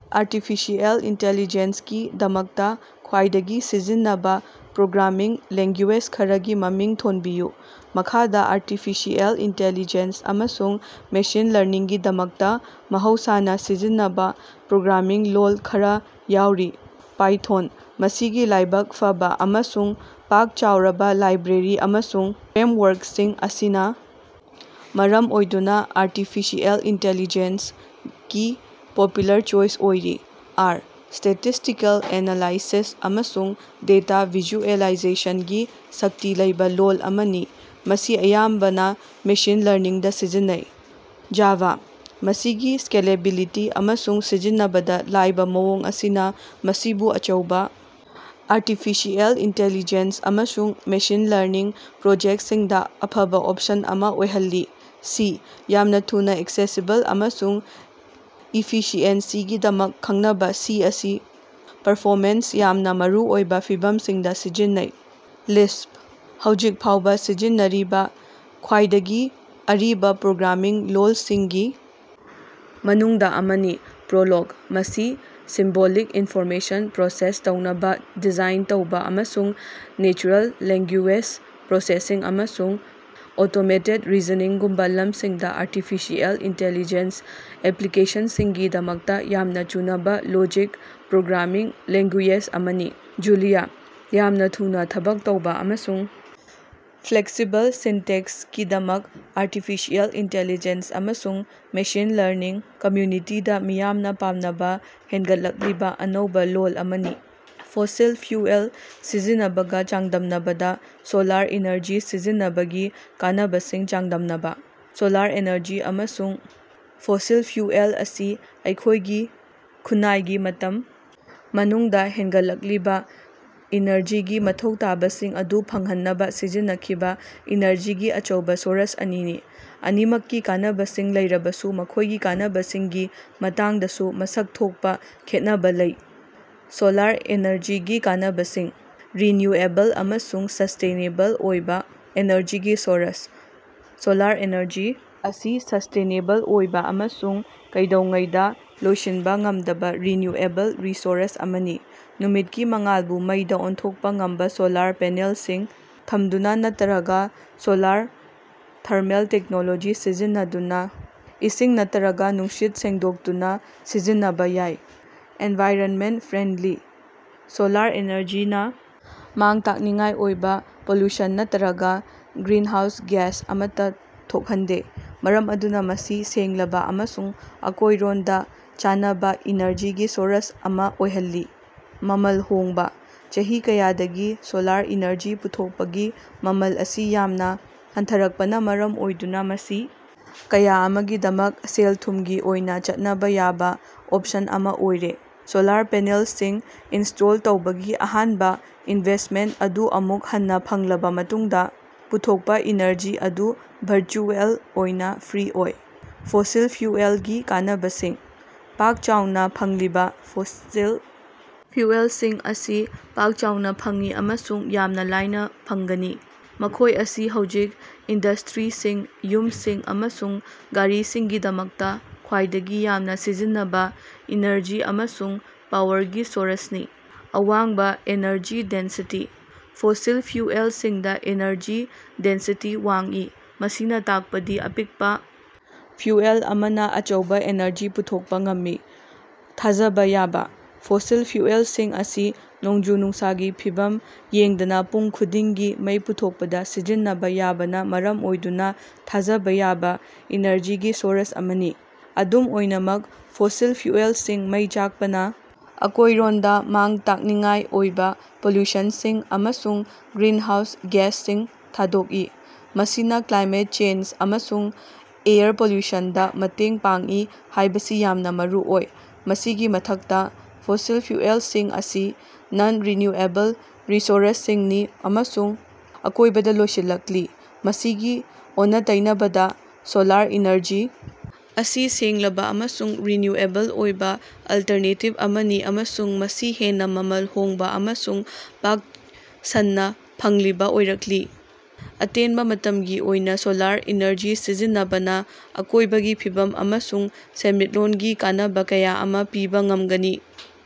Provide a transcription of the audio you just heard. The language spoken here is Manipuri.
ꯑꯥꯔꯇꯤꯐꯤꯁꯤꯑꯦꯜ ꯏꯟꯇꯦꯂꯤꯖꯦꯁꯀꯤ ꯗꯃꯛꯇ ꯈ꯭ꯋꯥꯏꯗꯒꯤ ꯁꯤꯖꯤꯟꯅꯕ ꯄ꯭ꯔꯣꯒ꯭ꯔꯥꯃꯤꯡ ꯂꯦꯡꯒꯨꯌꯦꯖ ꯈꯔꯒꯤ ꯃꯃꯤꯡ ꯊꯣꯟꯕꯤꯌꯨ꯫ ꯃꯈꯥꯗꯥ ꯑꯥꯔꯇꯤꯐꯤꯁꯤꯑꯦꯜ ꯏꯟꯇꯦꯂꯤꯖꯦꯁ ꯑꯃꯁꯨꯡ ꯃꯦꯁꯤꯟ ꯂꯔꯅꯤꯡꯒꯤꯗꯃꯛꯇ ꯃꯍꯧꯁꯥꯅ ꯁꯤꯖꯤꯟꯅꯕ ꯄ꯭ꯔꯣꯒ꯭ꯔꯥꯃꯤꯡ ꯂꯣꯜ ꯈꯔꯥ ꯌꯥꯎꯔꯤ: ꯄꯥꯏꯊꯣꯟ: ꯃꯁꯤꯒꯤ ꯂꯥꯏꯕꯛ ꯐꯕ ꯑꯃꯁꯨꯡ ꯄꯥꯛ ꯆꯥꯎꯔꯕ ꯂꯥꯏꯕ꯭ꯔꯦꯔꯤ ꯑꯃꯁꯨꯡ ꯐ꯭ꯔꯦꯝꯋꯥ꯭ꯔꯛꯁꯤꯡ ꯑꯁꯤꯅ ꯃꯔꯝ ꯑꯣꯏꯗꯨꯅ ꯑꯥꯔꯇꯤꯐꯤꯁꯤꯑꯦꯜ ꯏꯟꯇꯦꯂꯤꯖꯦꯁ ꯀꯤ ꯄꯣꯄꯨꯂꯔ ꯆꯣꯏꯆ ꯑꯣꯏꯔꯤ꯫ ꯑꯥꯔ: ꯁ꯭ꯇꯦꯇꯤꯁ꯭ꯇꯤꯀꯦꯜ ꯑꯦꯅꯥꯂꯥꯏꯁꯤꯁ ꯑꯃꯁꯨꯡ ꯗꯦꯇꯥ ꯚꯤꯖꯨꯑꯦꯂꯥꯏꯖꯦꯁꯟꯒꯤ ꯁꯛꯇꯤ ꯂꯩꯕꯥ ꯂꯣꯜ ꯑꯃꯅꯤ, ꯃꯁꯤ ꯑꯌꯥꯝꯕꯅ ꯃꯦꯁꯤꯟ ꯂꯔꯅꯤꯡꯗ ꯁꯤꯖꯤꯟꯅꯩ꯫ ꯖꯥꯚꯥ: ꯃꯁꯤꯒꯤ ꯁ꯭ꯀꯦꯂꯦꯕꯤꯂꯤꯇꯤ ꯑꯃꯁꯨꯡ ꯁꯤꯖꯤꯟꯅꯕꯗ ꯂꯥꯏꯕ ꯃꯑꯣꯡ ꯑꯁꯤꯅ ꯃꯁꯤꯕꯨ ꯑꯆꯧꯕ ꯑꯥꯔꯇꯤꯐꯤꯁꯤꯑꯦꯜ ꯏꯟꯇꯦꯂꯤꯖꯦꯁ ꯑꯃꯁꯨꯡ ꯃꯦꯁꯤꯟ ꯂꯔꯅꯤꯡ ꯄ꯭ꯔꯣꯖꯦꯛꯁꯤꯡꯗ ꯑꯐꯕꯥ ꯑꯣꯞꯁꯟ ꯑꯃ ꯑꯣꯏꯍꯜꯂꯤ꯫ ꯁꯤ: ꯌꯥꯝꯅ ꯊꯨꯅ ꯑꯦꯛꯁꯦꯁꯤꯕꯜ ꯑꯃꯁꯨꯡ ꯏꯐꯤꯁꯤꯑꯦꯟꯁꯤꯒꯤꯗꯃꯛ ꯈꯪꯅꯔꯕ ꯁꯤ ꯑꯁꯤ ꯄꯔꯐꯣꯃꯦꯟꯁ ꯌꯥꯝꯅ ꯃꯔꯨ ꯑꯣꯏꯕ ꯐꯤꯚꯝꯁꯤꯡꯗ ꯁꯤꯖꯤꯟꯅꯩ꯫ ꯂꯤꯁ꯭ꯞ: ꯍꯧꯖꯤꯛ ꯐꯥꯎꯕ ꯁꯤꯖꯤꯟꯅꯔꯤꯕꯥ ꯈ꯭ꯋꯥꯏꯗꯒꯤ ꯑꯔꯤꯕ ꯄ꯭ꯔꯣꯒ꯭ꯔꯥꯃꯤꯡ ꯂꯣꯜꯁꯤꯡꯒꯤ ꯃꯅꯨꯡꯗ ꯑꯃꯅꯤ꯫ ꯄ꯭ꯔꯣꯂꯣꯒ: ꯃꯁꯤ ꯁꯤꯝꯕꯣꯂꯤꯛ ꯏꯟꯐꯣꯔꯃꯦꯁꯟ ꯄ꯭ꯔꯣꯁꯦꯁ ꯇꯧꯅꯕ ꯗꯤꯖꯥꯏꯟ ꯇꯧꯕ ꯑꯃꯁꯨꯡ ꯅꯦꯆꯔꯦꯜ ꯂꯦꯡꯒꯨꯌꯦꯖ ꯄ꯭ꯔꯣꯁꯦꯁꯤꯡ ꯑꯃꯁꯨꯡ ꯑꯣꯇꯣꯃꯦꯇꯦꯠ ꯔꯤꯖꯅꯤꯡꯒꯨꯝꯕ ꯂꯝꯁꯤꯡꯗ ꯑꯥꯔꯇꯤꯐꯤꯁꯤꯑꯦꯜ ꯏꯟꯇꯦꯂꯤꯖꯦꯁ ꯑꯦꯄ꯭ꯂꯤꯀꯦꯁꯟꯁꯤꯡꯒꯤꯗꯃꯛꯇ ꯌꯥꯝꯅ ꯆꯨꯅꯕ ꯂꯣꯖꯤꯛ ꯄ꯭ꯔꯣꯒ꯭ꯔꯥꯃꯤꯡ ꯂꯦꯡꯒꯨꯌꯦꯖ ꯑꯃꯅꯤ꯫ ꯖꯨꯂꯤꯌꯥ: ꯌꯥꯝꯅ ꯊꯨꯅ ꯊꯕꯛ ꯇꯧꯕꯥ ꯑꯃꯁꯨꯡ ꯐ꯭ꯂꯦꯛꯁꯤꯕꯜ ꯁꯤꯟꯇꯦꯛꯁꯀꯤꯗꯃꯛ ꯑꯥꯔꯇꯤꯐꯤꯁꯤꯑꯦꯜ ꯏꯟꯇꯦꯂꯤꯖꯦꯁ ꯑꯃꯁꯨꯡ ꯃꯦꯁꯤꯟ ꯂꯔꯅꯤꯡ ꯀꯝꯃ꯭ꯌꯨꯅꯤꯇꯤꯗ ꯃꯤꯌꯥꯝꯅ ꯄꯥꯝꯅꯕ ꯍꯦꯡꯒꯠꯂꯛꯂꯤꯕ ꯑꯅꯧꯕ ꯂꯣꯜ ꯑꯃꯅꯤ꯫ ꯐꯣꯁꯤꯜ ꯐ꯭ꯌꯨꯑꯦꯜ ꯁꯤꯖꯤꯟꯅꯕꯒ ꯆꯥꯡꯗꯝꯅꯕꯗ ꯁꯣꯂꯥꯔ ꯏꯅꯔꯖꯤ ꯁꯤꯖꯤꯟꯅꯕꯒꯤ ꯀꯥꯟꯅꯕꯁꯤꯡ ꯆꯥꯡꯗꯝꯅꯕ ꯫ ꯁꯣꯂꯥꯔ ꯏꯅꯔꯖꯤ ꯑꯃꯁꯨꯡ ꯐꯣꯁꯤꯜ ꯐ꯭ꯌꯨꯑꯦꯜ ꯑꯁꯤ ꯑꯩꯈꯣꯏꯒꯤ ꯈꯨꯟꯅꯥꯏꯒꯤ ꯃꯇꯝ ꯄꯨꯝꯅꯃꯛꯇ ꯍꯦꯡꯒꯠꯂꯛꯂꯤꯕ ꯏꯅꯔꯖꯤꯒꯤ ꯃꯊꯧ ꯇꯥꯕꯁꯤꯡ ꯑꯗꯨ ꯐꯪꯍꯟꯅꯕ ꯁꯤꯖꯤꯟꯅꯈꯤꯕ ꯏꯅꯔꯖꯤꯒꯤ ꯑꯆꯧꯕ ꯁꯣꯔꯁ ꯑꯅꯤꯅꯤ꯫ ꯑꯅꯤꯃꯛꯀꯤ ꯀꯥꯟꯅꯕꯁꯤꯡ ꯂꯩꯔꯕꯁꯨ ꯃꯈꯣꯏꯒꯤ ꯀꯥꯟꯅꯕꯁꯤꯡꯒꯤ ꯃꯇꯥꯡꯗꯁꯨ ꯃꯁꯛ ꯊꯣꯛꯄ ꯈꯦꯠꯅꯕ ꯂꯩ꯫ ꯁꯣꯂꯥꯔ ꯑꯦꯅꯔꯖꯤꯒꯤ ꯀꯥꯟꯅꯕꯁꯤꯡ: ꯔꯤꯅ꯭ꯌꯨꯑꯦꯕꯜ ꯑꯃꯁꯨꯡ ꯁ꯭ꯁꯇꯦꯅꯦꯕꯜ ꯑꯣꯏꯕ ꯑꯦꯅꯔꯖꯤꯒꯤ ꯁꯣꯔꯁ: ꯁꯣꯂꯥꯔ ꯑꯦꯅꯔꯖꯤ ꯑꯁꯤ ꯁ꯭ꯁꯇꯦꯅꯦꯕꯜ ꯑꯣꯏꯕ ꯑꯃꯁꯨꯡ ꯀꯩꯗꯧꯉꯩꯗ ꯂꯣꯏꯁꯤꯟꯕ ꯉꯝꯗꯕ ꯔꯤꯅ꯭ꯌꯨꯑꯦꯕꯜ ꯔꯤꯁꯣꯔꯁ ꯑꯃꯅꯤ꯫ ꯅꯨꯃꯤꯠꯀꯤ ꯃꯉꯥꯜꯕ ꯃꯩꯗꯥ ꯑꯣꯟꯊꯣꯛꯄ ꯉꯝꯕ ꯁꯣꯂꯥꯔ ꯄꯦꯅꯦꯜꯁꯤꯡ ꯊꯝꯗꯨꯅ ꯅꯠꯇꯔꯒ ꯁꯣꯂꯥꯔ ꯊꯔꯃꯦꯜ ꯇꯦꯛꯅꯣꯂꯣꯖꯤ ꯁꯤꯖꯤꯟꯅꯗꯨꯅ ꯏꯁꯤꯡ ꯅꯠꯇꯔꯒ ꯅꯨꯡꯁꯤꯠ ꯁꯦꯡꯗꯣꯛꯇꯨꯅ ꯁꯤꯖꯤꯟꯅꯕ ꯌꯥꯏ꯫ ꯑꯦꯅꯚꯥꯏꯔꯟꯃꯦꯟꯠ ꯐ꯭ꯔꯦꯟꯗꯂꯤ: ꯁꯣꯂꯥꯔ ꯑꯦꯅꯔꯖꯤꯅ ꯃꯥꯡ-ꯇꯥꯛꯅꯤꯡꯉꯥꯏ ꯑꯣꯏꯕ ꯄꯣꯂꯨꯁꯟ ꯅꯠꯇꯔꯒ ꯒ꯭ꯔꯤꯟꯍꯥꯎꯁ ꯒ꯭ꯌꯥꯁ ꯑꯃꯠꯇ ꯊꯣꯛꯍꯟꯗꯦ, ꯃꯔꯝ ꯑꯗꯨꯅ ꯃꯁꯤ ꯁꯦꯡꯂꯕ ꯑꯃꯁꯨꯡ ꯑꯀꯣꯏꯔꯣꯟꯒ ꯆꯥꯟꯅꯕ ꯏꯅꯔꯖꯤꯒꯤ ꯁꯣꯔꯁ ꯑꯃ ꯑꯣꯏꯍꯜꯂꯤ꯫ ꯃꯃꯜ ꯍꯣꯡꯕ: ꯆꯍꯤ ꯀꯌꯥꯗꯒꯤ ꯁꯣꯂꯥꯔ ꯏꯅꯔꯖꯤ ꯄꯨꯊꯣꯛꯄꯒꯤ ꯃꯃꯜ ꯑꯁꯤ ꯌꯥꯝꯅ ꯍꯟꯊꯔꯛꯄꯅ ꯃꯔꯝ ꯑꯣꯏꯗꯨꯅ ꯃꯁꯤ ꯀꯌꯥ ꯑꯃꯒꯤꯗꯃꯛ ꯁꯦꯜ-ꯊꯨꯃꯒꯤ ꯑꯣꯏꯅ ꯆꯠꯅꯕ ꯌꯥꯕꯥ ꯑꯣꯞꯁꯟ ꯑꯃꯥ ꯑꯣꯏꯔꯦ꯫ ꯁꯣꯂꯥꯔ ꯄꯦꯅꯦꯜꯁꯤꯡ ꯏꯟꯁ꯭ꯇꯣꯜ ꯇꯧꯕꯒꯤ ꯑꯍꯥꯟꯕ ꯏꯅꯚꯦꯁꯠꯃꯦꯟꯠ ꯑꯗꯨ ꯑꯃꯨꯛ ꯍꯟꯅ ꯐꯪꯂꯕ ꯃꯇꯨꯡꯗ, ꯄꯨꯊꯣꯛꯄꯥ ꯏꯅꯔꯖꯤ ꯑꯗꯨ ꯚꯔꯆꯨꯑꯦꯜ ꯑꯣꯏꯅ ꯐ꯭ꯔꯤ ꯑꯣꯏ꯫ ꯐꯣꯁꯤꯜ ꯐ꯭ꯌꯨꯑꯦꯜꯒꯤ ꯀꯥꯟꯅꯕꯁꯤꯡ: ꯄꯥꯛ-ꯆꯥꯎꯅ ꯐꯪꯂꯤꯕ: ꯐꯣꯁꯤꯜ ꯐ꯭ꯌꯨꯑꯦꯜꯁꯤꯡ ꯑꯁꯤ ꯄꯥꯛ-ꯆꯥꯎꯅ ꯐꯪꯏ ꯑꯃꯁꯨꯡ ꯌꯥꯝꯅ ꯂꯥꯏꯅ ꯐꯪꯒꯅꯤ꯫ ꯃꯈꯣꯏ ꯑꯁꯤ ꯍꯧꯖꯤꯛ ꯏꯟꯗ꯭ꯁꯇꯔꯤꯁꯤꯡ, ꯌꯨꯝꯁꯤꯡ, ꯑꯃꯁꯨꯡ ꯒꯥꯔꯤꯁꯤꯡꯒꯤꯗꯃꯛꯇ ꯈ꯭ꯋꯥꯏꯗꯒꯤ ꯌꯥꯝꯅ ꯁꯤꯖꯤꯟꯅꯕ ꯏꯅꯔꯖꯤ ꯑꯃꯁꯨꯡ ꯄꯥꯋꯔꯒꯤ ꯁꯣꯔꯁꯅꯤ꯫ ꯑꯋꯥꯡꯕ ꯑꯦꯅꯔꯖꯤ ꯗꯦꯟꯁꯤꯇꯤ: ꯐꯣꯁꯤꯜ ꯐ꯭ꯌꯨꯑꯦꯜꯁꯤꯡꯗ ꯑꯦꯅꯔꯖꯤ ꯗꯦꯟꯁꯤꯇꯤ ꯋꯥꯡꯏ, ꯃꯁꯤꯅ ꯇꯥꯛꯄꯗꯤ ꯑꯄꯤꯛꯄ ꯐ꯭ꯌꯨꯑꯦꯜ ꯑꯃꯅ ꯑꯆꯧꯕ ꯑꯦꯅꯔꯖꯤ ꯄꯨꯊꯣꯛꯄ ꯉꯝꯃꯤ꯫ ꯊꯥꯖꯕ ꯌꯥꯕ: ꯐꯣꯁꯤꯜ ꯐ꯭ꯌꯨꯑꯦꯜꯁꯤꯡ ꯑꯁꯤ ꯅꯣꯡꯖꯨ-ꯅꯨꯡꯁꯥꯒꯤ ꯐꯤꯚꯝ ꯌꯦꯡꯗꯅ ꯄꯨꯡ ꯈꯨꯗꯤꯡꯒꯤ ꯃꯩ ꯄꯨꯊꯣꯛꯄꯗ ꯁꯤꯖꯤꯟꯅꯕ ꯌꯥꯕꯅ ꯃꯔꯝ ꯑꯣꯏꯗꯨꯅ ꯊꯥꯖꯕ ꯌꯥꯕ ꯏꯅꯔꯖꯤꯒꯤ ꯁꯣꯔꯁ ꯑꯃꯅꯤ꯫ ꯑꯗꯨꯝ ꯑꯣꯏꯅꯃꯛ, ꯐꯣꯁꯤꯜ ꯐ꯭ꯌꯨꯑꯦꯜꯁꯤꯡ ꯃꯩ ꯆꯥꯛꯄꯅ ꯑꯀꯣꯏꯔꯣꯟꯗ ꯃꯥꯡ-ꯇꯥꯛꯅꯤꯡꯉꯥꯏ ꯑꯣꯏꯕ ꯄꯣꯂꯨꯁꯅꯁꯤꯡ ꯑꯃꯁꯨꯡ ꯒ꯭ꯔꯤꯅꯍꯥꯎꯁ ꯒ꯭ꯌꯥꯁꯁꯤꯡ ꯊꯥꯗꯣꯛꯏ, ꯃꯁꯤꯅꯥ ꯀ꯭ꯂꯥꯏꯃꯦꯠ ꯆꯦꯟꯖ ꯑꯃꯁꯨꯡ ꯑꯦꯌꯔ ꯄꯣꯂꯨꯁꯟꯗ ꯃꯇꯦꯡ ꯄꯥꯡꯏ ꯍꯥꯏꯕꯁꯤ ꯌꯥꯝꯅ ꯃꯔꯨꯑꯣꯏ꯫ ꯃꯁꯤꯒꯤ ꯃꯊꯛꯇ, ꯐꯣꯁꯤꯜ ꯐ꯭ꯌꯨꯑꯦꯜꯁꯤꯡ ꯑꯁꯤ ꯅꯟ-ꯔꯤꯅ꯭ꯌꯨꯑꯦꯕꯜ ꯔꯤꯁꯣꯔꯁꯁꯤꯡꯅꯤ ꯑꯃꯁꯨꯡ ꯑꯔꯣꯏꯕꯗ ꯂꯣꯏꯁꯤꯟꯒꯅꯤ꯫ ꯃꯁꯤꯒꯤ ꯑꯣꯟꯅ-ꯇꯩꯅꯕꯗꯥ, ꯁꯣꯂꯥꯔ ꯏꯅꯔꯖꯤ ꯑꯁꯤ ꯁꯦꯡꯂꯕ ꯑꯃꯁꯨꯡ ꯔꯤꯅ꯭ꯌꯨꯑꯦꯕꯜ ꯑꯣꯏꯕ ꯑꯜꯇꯔꯅꯦꯇꯤꯕ ꯑꯃꯅꯤ ꯑꯃꯁꯨꯡ ꯃꯁꯤ ꯍꯦꯟꯅ ꯃꯃꯜ ꯍꯣꯡꯕ ꯑꯃꯁꯨꯡ ꯄꯥꯛ ꯁꯟꯅ ꯐꯪꯂꯤꯕ ꯑꯣꯏꯔꯛꯂꯤ꯫ ꯑꯇꯦꯟꯕ ꯃꯇꯝꯒꯤ ꯑꯣꯏꯅ ꯁꯣꯂꯥꯔ ꯏꯅꯔꯖꯤ ꯁꯤꯖꯤꯟꯅꯕꯅ ꯑꯀꯣꯏꯕꯒꯤ ꯐꯤꯕꯝ ꯑꯃꯁꯨꯡ ꯁꯦꯟꯃꯤꯠꯂꯣꯟꯒꯤ ꯀꯥꯟꯅꯕ ꯀꯌꯥ ꯑꯃꯥ ꯄꯤꯕ ꯉꯝꯒꯅꯤ꯫